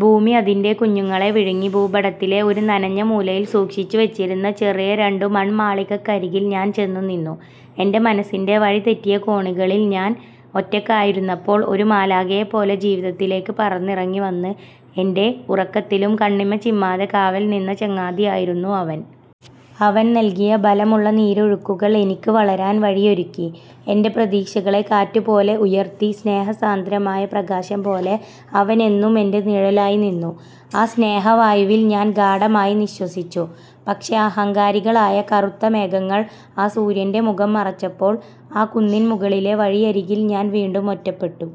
ഭൂമി അതിന്റെ കുഞ്ഞുങ്ങളെ വിഴുങ്ങി ഭൂപടത്തിലെ ഒരു നനഞ്ഞ മൂലയിൽ സൂക്ഷിച്ചുവച്ചിരുന്ന ചെറിയ രണ്ടു മൺമാളികക്കരികിൽ ഞാൻ ചെന്നു നിന്നു. എന്റെ മനസ്സിൻ്റെ വഴിതെറ്റിയ കോണുകളിൽ ഞാൻ ഒറ്റയ്ക്കായിരുന്നപ്പോൾ, ഒരു മാലാഖയെപ്പോലെ ജീവിതത്തിലേക്ക് പറന്നിറങ്ങി വന്ന്, എന്റെ ഉറക്കത്തിലും കണ്ണിമ ചിമ്മാതെ കാവൽ നിന്ന ചങ്ങാതിയായിരുന്നു അവൻ. അവൻ നൽകിയ ബലമുള്ള നീരൊഴുക്കുകൾ എനിക്ക് വളരാൻ വഴിയൊരുക്കി. എന്റെ പ്രതീക്ഷകളെ കാറ്റുപോലെ ഉയർത്തി. സ്നേഹസാന്ദ്രമായ പ്രകാശം പോലെ അവൻ എന്നും എന്റെ നിഴലായി നിന്നു. ആ സ്നേഹവായുവിൽ ഞാൻ ഗാഢമായി നിശ്വസിച്ചു. പക്ഷേ, അഹങ്കാരികളായ കറുത്ത മേഘങ്ങൾ ആ സൂര്യന്റെ മുഖം മറച്ചപ്പോൾ, ആ കുന്നിൻ മുകളിലെ വഴിയരികിൽ ഞാൻ വീണ്ടും ഒറ്റപ്പെട്ടു.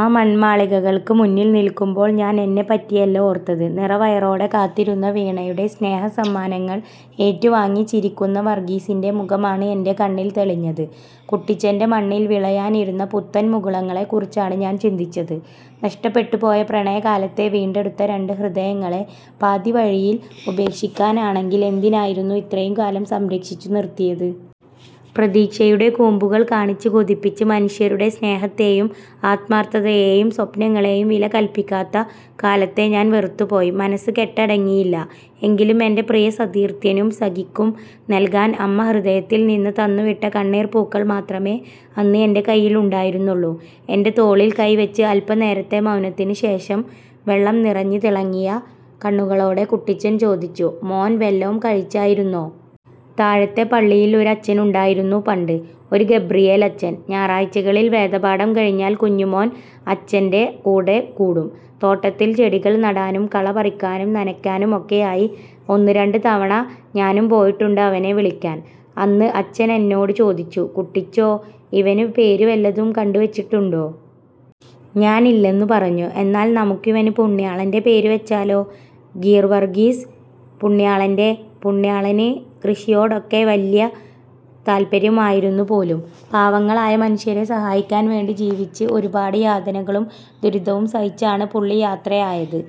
ആ മൺമാളികകൾക്ക് മുന്നിൽ നിൽക്കുമ്പോൾ ഞാൻ എന്നെപ്പറ്റിയല്ല ഓർത്തത്. നിറവയറോടെ കാത്തിരുന്ന വീണയുടെ സ്നേഹസമ്മാനങ്ങൾ ഏറ്റുവാങ്ങി ചിരിക്കുന്ന വർഗീസിന്റെ മുഖമാണ് എന്റെ കണ്ണിൽ തെളിഞ്ഞത്. കുട്ടിച്ചന്റെ മണ്ണിൽ വിളയാനിരുന്ന പുത്തൻ മുകുളങ്ങളെക്കുറിച്ചാണ് ഞാൻ ചിന്തിച്ചത്. നഷ്ടപ്പെട്ടുപോയ പ്രണയകാലത്തെ വീണ്ടെടുത്ത രണ്ട് ഹൃദയങ്ങളെ പാതിവഴിയിൽ ഉപേക്ഷിക്കാനാണെങ്കിൽ എന്തിനായിരുന്നു ഇത്രയും കാലം സംരക്ഷിച്ചു നിർത്തിയത്? പ്രതീക്ഷയുടെ കൂമ്പുകൾ കാണിച്ച് കൊതിപ്പിച്ച്, മനുഷ്യരുടെ സ്നേഹത്തെയും ആത്മാർത്ഥതയെയും സ്വപ്നങ്ങളെയും വിലകൽപ്പിക്കാത്ത കാലത്തെ ഞാൻ വെറുത്തുപോയി. മനസ്സ് കെട്ടടങ്ങിയില്ല, എങ്കിലും എന്റെ പ്രിയ സതീർത്ഥ്യനും സഖിക്കും നൽകാൻ അമ്മ ഹൃദയത്തിൽ നിന്ന് തന്നുവിട്ട കണ്ണീർപ്പൂക്കൾ മാത്രമേ അന്ന് എന്റെ കയ്യിൽ ഉണ്ടായിരുന്നുള്ളൂ. എൻ്റെ തോളിൽ കൈ വെച്ച് അൽപനേരത്തെ മൗനത്തിനുശേഷം, വെള്ളം നിറഞ്ഞ് തിളങ്ങിയ കണ്ണുകളോടെ കുട്ടിച്ചൻ ചോദിച്ചു:"മോൻ, വല്ലോം കഴിച്ചായിരുന്നോ? " "താഴത്തെ പള്ളിയിൽ ഒരച്ഛനുണ്ടായിരുന്നു പണ്ട്. ഒരു ഗബ്രിയേലച്ചൻ. ഞായറാഴ്ചകളിൽ വേദപാഠം കഴിഞ്ഞാൽ കുഞ്ഞുമോൻ അച്ഛന്റെ കൂടെ കൂടും. തോട്ടത്തിൽ ചെടികൾ നടാനും കള പറിക്കാനും നനയ്ക്കാനുമൊക്കെയായി. ഒന്നുരണ്ടു തവണ ഞാനും പോയിട്ടുണ്ട് അവനെ വിളിക്കാൻ. അന്ന് അച്ഛനെന്നോട് ചോദിച്ചു, 'കുട്ടിച്ചോ, ഇവന് പേര് വല്ലതും കണ്ടുവച്ചിട്ടുണ്ടോ? ' ഞാനില്ലെന്നു പറഞ്ഞു. 'എന്നാൽ നമുക്കിവന് പുണ്യാളന്റെ പേര് വെച്ചാലോ? ഗീർവർഗീസ് പുണ്യാളന്റെ. പുണ്യാളന് കൃഷിയോടൊക്കെ വല്ല്യ താല്പര്യമായിരുന്നു പോലും. പാവങ്ങളായ മനുഷ്യരെ സഹായിക്കാൻ വേണ്ടി ജീവിച്ച്, ഒരുപാട് യാതനകളും ദുരിതവും സഹിച്ചാണ് പുള്ളി യാത്ര ആയത്.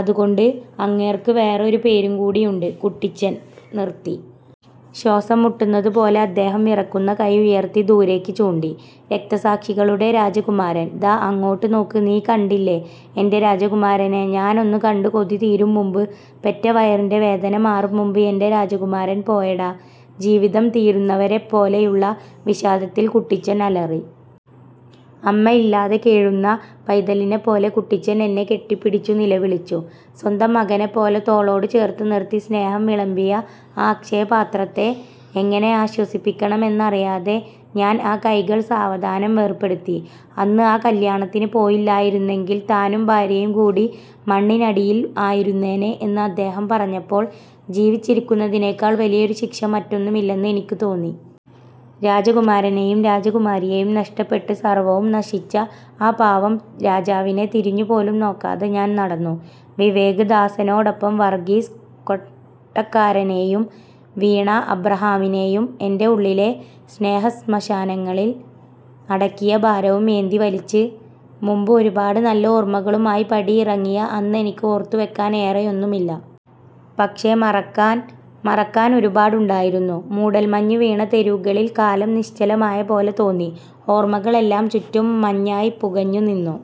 അതുകൊണ്ട് അങ്ങേർക്ക് വേറൊരു പേരും കൂടിയുണ്ട്... '" കുട്ടിച്ചൻ നിർത്തി. ശ്വാസം മുട്ടുന്നത് പോലെ അദ്ദേഹം വിറയ്ക്കുന്ന കൈ ഉയർത്തി ദൂരേക്ക് ചൂണ്ടി. "രക്തസാക്ഷികളുടെ രാജകുമാരൻ. " "ദാ... അങ്ങോട്ട് നോക്ക്... നീ കണ്ടില്ലേ എന്റെ രാജകുമാരനെ..? ഞാനൊന്നു കണ്ട് കൊതി തീരും മുമ്പ്, പെറ്റ വയറിന്റെ വേദന മാറും മുമ്പ്, എന്റെ രാജകുമാരൻ പോയെടാ... " ജീവിതം തീരുന്നവരെപ്പോലെയുള്ള വിഷാദത്തിൽ കുട്ടിച്ചൻ അലറി. അമ്മയില്ലാതെ കേഴുന്ന പൈതലിനെപ്പോലെ കുട്ടിച്ചൻ എന്നെ കെട്ടിപ്പിടിച്ചു നിലവിളിച്ചു. സ്വന്തം മകനെപ്പോലെ തോളോട് ചേർത്തുനിർത്തി സ്നേഹം വിളമ്പിയ ആ അക്ഷയപാത്രത്തെ എങ്ങനെ ആശ്വസിപ്പിക്കണമെന്നറിയാതെ ഞാൻ ആ കൈകൾ സാവധാനം വേർപെടുത്തി. അന്ന് ആ കല്യാണത്തിന് പോയില്ലായിരുന്നെങ്കിൽ താനും ഭാര്യയും കൂടി മണ്ണിനടിയിൽ ആയിരുന്നേനെ എന്ന് അദ്ദേഹം പറഞപ്പോൾ, ജീവിച്ചിരിക്കുന്നതിനേക്കാൾ വലിയൊരു ശിക്ഷ മറ്റൊന്നുമില്ലെന്ന് എനിക്ക് തോന്നി. രാജകുമാരനെയും രാജകുമാരിയെയും നഷ്ടപ്പെട്ട് സർവ്വവും നശിച്ച ആ പാവം രാജാവിനെ തിരിഞ്ഞുപോലും നോക്കാതെ ഞാൻ നടന്നു. വിവേക് ദാസനോടൊപ്പം വർഗീസ് കൊട്ടക്കാരനെയും വീണ അബ്രഹാമിനെയും എന്റെ ഉള്ളിലെ സ്നേഹസ്മശാനങ്ങളിൽ അടക്കിയ ഭാരവും ഏന്തി വലിച്ച്. മുമ്പ് ഒരുപാട് നല്ല ഓർമ്മകളുമായി പടിയിറങ്ങിയ അന്നെനിക്ക് ഓർത്തുവെക്കാൻ ഏറെയൊന്നുമില്ല. പക്ഷേ മറക്കാൻ... മറക്കാൻ ഒരുപാടുണ്ടായിരുന്നു.. മൂടൽമഞ്ഞ് വീണ തെരുവുകളിൽ കാലം നിശ്ചലമായ പോലെ തോന്നി. ഓർമ്മകളെല്ലാം ചുറ്റും മഞ്ഞായി പുകഞ്ഞു നിന്നു.